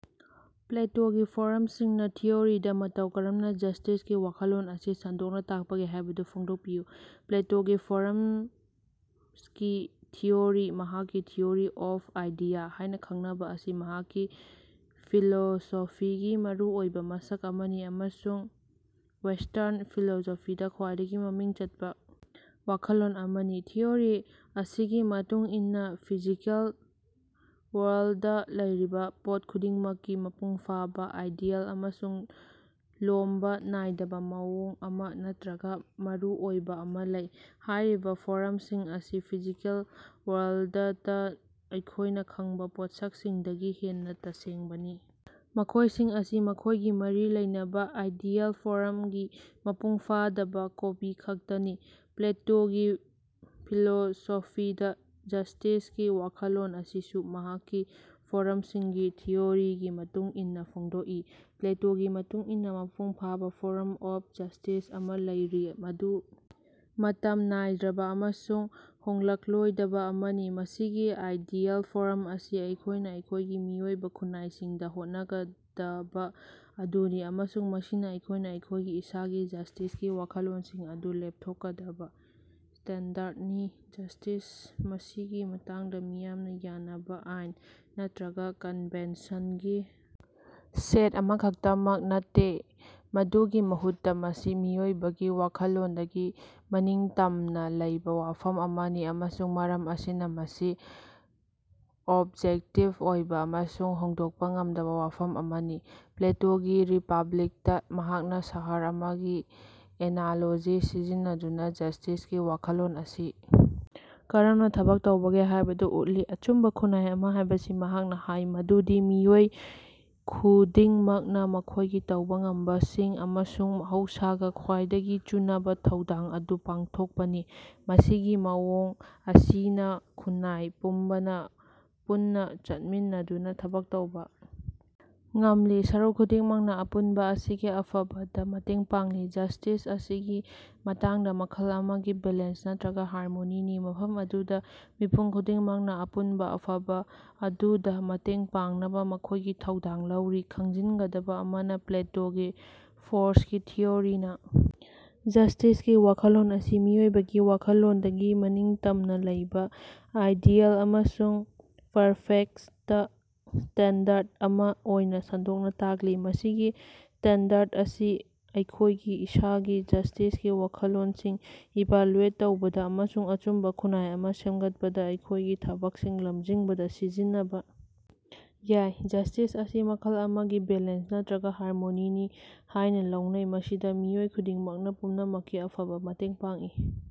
ꯄ꯭ꯂꯦꯇꯣꯒꯤ ꯐꯣ꯭ꯔꯝꯁꯤꯡꯒꯤ ꯊꯤꯑꯣꯔꯤꯅ ꯃꯇꯧ ꯀꯔꯝꯅ ꯖꯁꯇꯤꯁꯀꯤ ꯋꯥꯈꯜꯂꯣꯟ ꯑꯁꯤ ꯁꯟꯗꯣꯛꯅ ꯇꯥꯛꯄꯒꯦ ꯍꯥꯏꯕꯗꯨ ꯐꯣꯡꯗꯣꯛꯄꯤꯌꯨ꯫ ꯄ꯭ꯂꯦꯇꯣꯒꯤ ꯐꯣ꯭ꯔꯝꯁꯀꯤ ꯊꯤꯑꯣꯔꯤ, ꯃꯍꯥꯛꯀꯤ ꯊꯤꯑꯣꯔꯤ ꯑꯣꯐ ꯑꯥꯏꯗꯤꯌꯥ ꯍꯥꯏꯅ ꯈꯪꯅꯕ ꯑꯁꯤ ꯃꯍꯥꯛꯀꯤ ꯐꯤꯂꯣꯁꯣꯐꯤꯒꯤ ꯃꯔꯨꯑꯣꯏꯕ ꯃꯁꯛ ꯑꯃꯅꯤ ꯑꯃꯁꯨꯡ ꯋꯦꯁꯇ꯭ꯔꯟ ꯐꯤꯂꯣꯁꯣꯐꯤꯗ ꯈ꯭ꯋꯥꯏꯗꯒꯤ ꯃꯃꯤꯡ ꯆꯠꯄ ꯋꯥꯈꯜꯂꯣꯟ ꯑꯃꯅꯤ꯫ ꯊꯤꯑꯣꯔꯤ ꯑꯁꯤꯒꯤ ꯃꯇꯨꯡ ꯏꯟꯅ ꯐꯤꯖꯤꯀꯦꯜ ꯋꯥꯔꯜꯗꯇꯥ ꯂꯩꯔꯤꯕ ꯄꯣꯠ ꯈꯨꯗꯤꯡꯃꯛꯀꯤ ꯃꯄꯨꯡ ꯐꯥꯕ, ꯑꯥꯏꯗꯤꯌꯦꯜ ꯑꯃꯁꯨꯡ ꯂꯣꯝꯕ ꯅꯥꯏꯗꯕꯥ ꯃꯑꯣꯡ ꯑꯃ ꯅꯠꯇꯔꯒꯥ ꯃꯔꯨꯑꯣꯏꯕ ꯑꯃ‌ ꯂꯩ꯫ ꯍꯥꯏꯔꯤꯕ ꯐꯣ꯭ꯔꯝꯁꯤꯡ ꯑꯁꯤ ꯐꯤꯖꯤꯀꯦꯜ ꯋꯥꯔꯜꯗꯇꯥ ꯑꯩꯈꯣꯏꯅ ꯈꯪꯕ ꯄꯣꯠꯁꯛꯁꯤꯡꯗꯒꯤ ꯍꯦꯟꯅ ꯇꯁꯦꯡꯕꯅꯤ, ꯃꯈꯣꯏꯁꯤꯡ ꯑꯁꯤ ꯃꯈꯣꯏꯒꯤ ꯃꯔꯤ ꯂꯩꯅꯕꯥ ꯑꯥꯏꯗꯤꯌꯦꯜ ꯐꯣ꯭ꯔꯝꯒꯤ ꯃꯄꯨꯡ ꯐꯥꯗꯕ ꯀꯣꯄꯤ ꯈꯛꯇꯅꯤ꯫ ꯄ꯭ꯂꯦꯇꯣꯒꯤ ꯐꯤꯂꯣꯁꯣꯐꯤꯗꯥ ꯖꯁꯇꯤꯁꯀꯤ ꯋꯥꯈꯜꯂꯣꯟ ꯑꯁꯤꯁꯨ ꯃꯍꯥꯛꯀꯤ ꯐꯣ‍꯭ꯔꯝꯁꯤꯡꯒꯤ ꯊꯤꯑꯣꯔꯤꯒꯤ ꯃꯇꯨꯡ ꯏꯟꯅ ꯐꯣꯡꯗꯣꯛꯏ꯫ ꯄ꯭ꯂꯦꯇꯣꯒꯤ ꯃꯇꯨꯡ ꯏꯟꯅ ꯃꯄꯨꯡ ꯐꯥꯕ ꯐꯣ꯭ꯔꯝ ꯑꯣꯐ ꯖꯁꯇꯤꯁ ꯑꯃ ꯂꯩꯔꯤ, ꯃꯗꯨ ꯃꯇꯝ ꯅꯥꯏꯗ꯭ꯔꯕ ꯑꯃꯁꯨꯡ ꯍꯣꯡꯂꯛꯂꯣꯏꯗꯕ ꯑꯃꯅꯤ꯫ ꯃꯁꯤꯒꯤ ꯑꯥꯏꯗꯤꯌꯦꯜ ꯐꯣꯔꯝ ꯑꯁꯤ ꯑꯩꯈꯣꯏꯅ ꯑꯩꯈꯣꯏꯒꯤ ꯃꯤꯑꯣꯏꯕ ꯈꯨꯟꯅꯥꯏꯁꯤꯡꯗ ꯍꯣꯠꯅꯒꯗꯕ ꯑꯗꯨꯅꯤ, ꯑꯃꯁꯨꯡ ꯃꯁꯤꯅ ꯑꯩꯈꯣꯏꯅ ꯑꯩꯈꯣꯏꯒꯤ ꯏꯁꯥꯒꯤ ꯖꯁꯇꯤꯁꯀꯤ ꯋꯥꯈꯜꯂꯣꯟꯁꯤꯡ ꯑꯗꯨ ꯂꯦꯞꯊꯣꯛꯀꯗꯕꯥ ꯁ꯭ꯇꯦꯟꯗꯔꯗꯅꯤ꯫ ꯖꯁꯇꯤꯁ, ꯃꯁꯤꯒꯤ ꯃꯇꯥꯡꯗ, ꯃꯤꯌꯥꯝꯅ ꯌꯥꯅꯕꯥ ꯑꯥꯏꯟ ꯅꯠꯇꯔꯒ ꯀꯟꯚꯦꯟꯁꯟꯒꯤ ꯁꯦꯠ ꯑꯃꯈꯛꯇꯃꯛ ꯅꯠꯇꯦ, ꯃꯗꯨꯒꯤ ꯃꯍꯨꯠꯇ ꯃꯁꯤ ꯃꯤꯑꯣꯏꯕꯒꯤ ꯋꯥꯈꯜꯂꯣꯟꯗꯒꯤ ꯃꯅꯤꯡꯇꯝꯅ ꯂꯩꯕ ꯋꯥꯐꯝ ꯑꯃꯅꯤ, ꯑꯃꯁꯨꯡ ꯃꯔꯝ ꯑꯁꯤꯅ ꯃꯁꯤ ꯑꯣꯕꯖꯦꯛꯇꯤꯕ ꯑꯣꯏꯕ ꯑꯃꯁꯨꯡ ꯍꯣꯡꯗꯣꯛꯄ ꯉꯝꯗꯕ ꯋꯥꯐꯝ ꯑꯃꯅꯤ꯫ ꯄ꯭ꯂꯦꯇꯣꯒꯤ ꯔꯤꯄꯥꯕ꯭ꯂꯤꯛꯇꯥ ꯃꯍꯥꯛꯅ ꯁꯍꯔ ꯑꯃꯒꯤ ꯑꯦꯅꯥꯂꯣꯖꯤ ꯁꯤꯖꯤꯟꯅꯗꯨꯅ ꯖꯁꯇꯤꯁꯀꯤ ꯋꯥꯈꯜꯂꯣꯟ ꯑꯁꯤ ꯀꯔꯝꯅ ꯊꯕꯛ ꯇꯧꯕꯒꯦ ꯍꯥꯏꯕꯗꯨ ꯎꯠꯂꯤ꯫ ꯑꯆꯨꯝꯕ ꯈꯨꯟꯅꯥꯏ ꯑꯃ ꯍꯥꯏꯕꯁꯤ ꯃꯍꯥꯛꯅ ꯍꯥꯏ ꯃꯗꯨꯗꯤ ꯃꯤꯑꯣꯏ ꯈꯨꯗꯤꯡꯃꯛꯅ ꯃꯈꯣꯏꯒꯤ ꯇꯧꯕ ꯉꯝꯕꯁꯤꯡ ꯑꯃꯁꯨꯡ ꯃꯍꯧꯁꯥꯒ ꯈ꯭ꯋꯥꯏꯗꯒꯤ ꯆꯨꯅꯕꯥ ꯊꯧꯗꯥꯡ ꯑꯗꯨ ꯄꯥꯡꯊꯣꯛꯄꯅꯤ꯫ ꯃꯁꯤꯒꯤ ꯃꯑꯣꯡ ꯑꯁꯤꯅ ꯈꯨꯟꯅꯥꯏ ꯄꯨꯝꯕꯅꯥ ꯄꯨꯟꯅ ꯆꯠꯃꯤꯟꯅꯗꯨꯅ ꯊꯕꯛ ꯇꯧꯕ ꯉꯝꯂꯤ, ꯁꯔꯨꯛ ꯈꯨꯗꯤꯡꯃꯛꯅ ꯑꯄꯨꯟꯕ ꯑꯁꯤꯒꯤ ꯑꯐꯕꯗꯥ ꯃꯇꯦꯡ ꯄꯥꯡꯂꯤ꯫ ꯖꯁꯇꯤꯁ, ꯃꯁꯤꯒꯤ ꯃꯇꯥꯡꯗ, ꯃꯈꯜ ꯑꯃꯒꯤ ꯕꯦꯂꯦꯟꯁ ꯅꯠꯇꯔꯒ ꯍꯥꯔꯃꯣꯅꯤꯅꯤ, ꯃꯐꯝ ꯑꯗꯨꯗ ꯃꯤꯄꯨꯝ ꯈꯨꯗꯤꯡꯃꯛꯅ ꯑꯄꯨꯟꯕ ꯑꯐꯕ ꯑꯗꯨꯗ ꯃꯇꯦꯡ ꯄꯥꯡꯅꯕ ꯃꯈꯣꯏꯒꯤ ꯊꯧꯗꯥꯡ ꯂꯧꯔꯤ꯫ ꯈꯪꯖꯤꯟꯒꯗꯕ ꯑꯃꯅ, ꯄ꯭ꯂꯦꯇꯣꯒꯤ ꯐꯣ꯭ꯔꯁꯀꯤ ꯊꯤꯑꯣꯔꯤꯅ ꯖꯁꯇꯤꯁꯀꯤ ꯋꯥꯈꯜꯂꯣꯟ ꯑꯁꯤ ꯃꯤꯑꯣꯏꯕꯒꯤ ꯋꯥꯈꯜꯂꯣꯟꯗꯒꯤ ꯃꯅꯤꯡꯇꯝꯅ ꯂꯩꯕ ꯑꯥꯏꯗꯤꯌꯦꯜ ꯑꯃꯁꯨꯡ ꯄꯔꯐꯦꯛꯇ ꯁ꯭ꯇꯦꯟꯗꯔꯗ ꯑꯃ ꯑꯣꯏꯅ ꯁꯟꯗꯣꯛꯅ ꯇꯥꯛꯂꯤ꯫ ꯃꯁꯤꯒꯤ ꯁ꯭ꯇꯦꯟꯗꯔꯗ ꯑꯁꯤ ꯑꯩꯈꯣꯏꯒꯤ ꯏꯁꯥꯒꯤ ꯖꯁꯇꯤꯁꯀꯤ ꯋꯥꯈꯜꯂꯣꯟꯁꯤꯡ ꯏꯚꯥꯂꯨꯑꯦꯠ ꯇꯧꯕꯗ ꯑꯃꯁꯨꯡ ꯑꯆꯨꯝꯕ ꯈꯨꯟꯅꯥꯏ ꯑꯃ ꯁꯦꯝꯒꯠꯄꯗ ꯑꯩꯈꯣꯏꯒꯤ ꯊꯕꯛꯁꯤꯡ ꯂꯝꯖꯤꯡꯕꯗ ꯁꯤꯖꯤꯟꯅꯕꯥ ꯌꯥꯏ꯫ ꯖꯁꯇꯤꯁ ꯑꯁꯤ ꯃꯈꯜ ꯑꯃꯒꯤ ꯕꯦꯂꯦꯟꯁ ꯅꯠꯇꯔꯒ ꯍꯥꯔꯃꯣꯅꯤꯅꯤ ꯍꯥꯏꯅ ꯂꯧꯅꯩ, ꯃꯁꯤꯗ ꯃꯤꯑꯣꯏ ꯈꯨꯗꯤꯡꯃꯛꯅ ꯄꯨꯝꯅꯃꯛꯀꯤ ꯑꯐꯕ ꯃꯇꯦꯡ ꯄꯥꯡꯏ꯫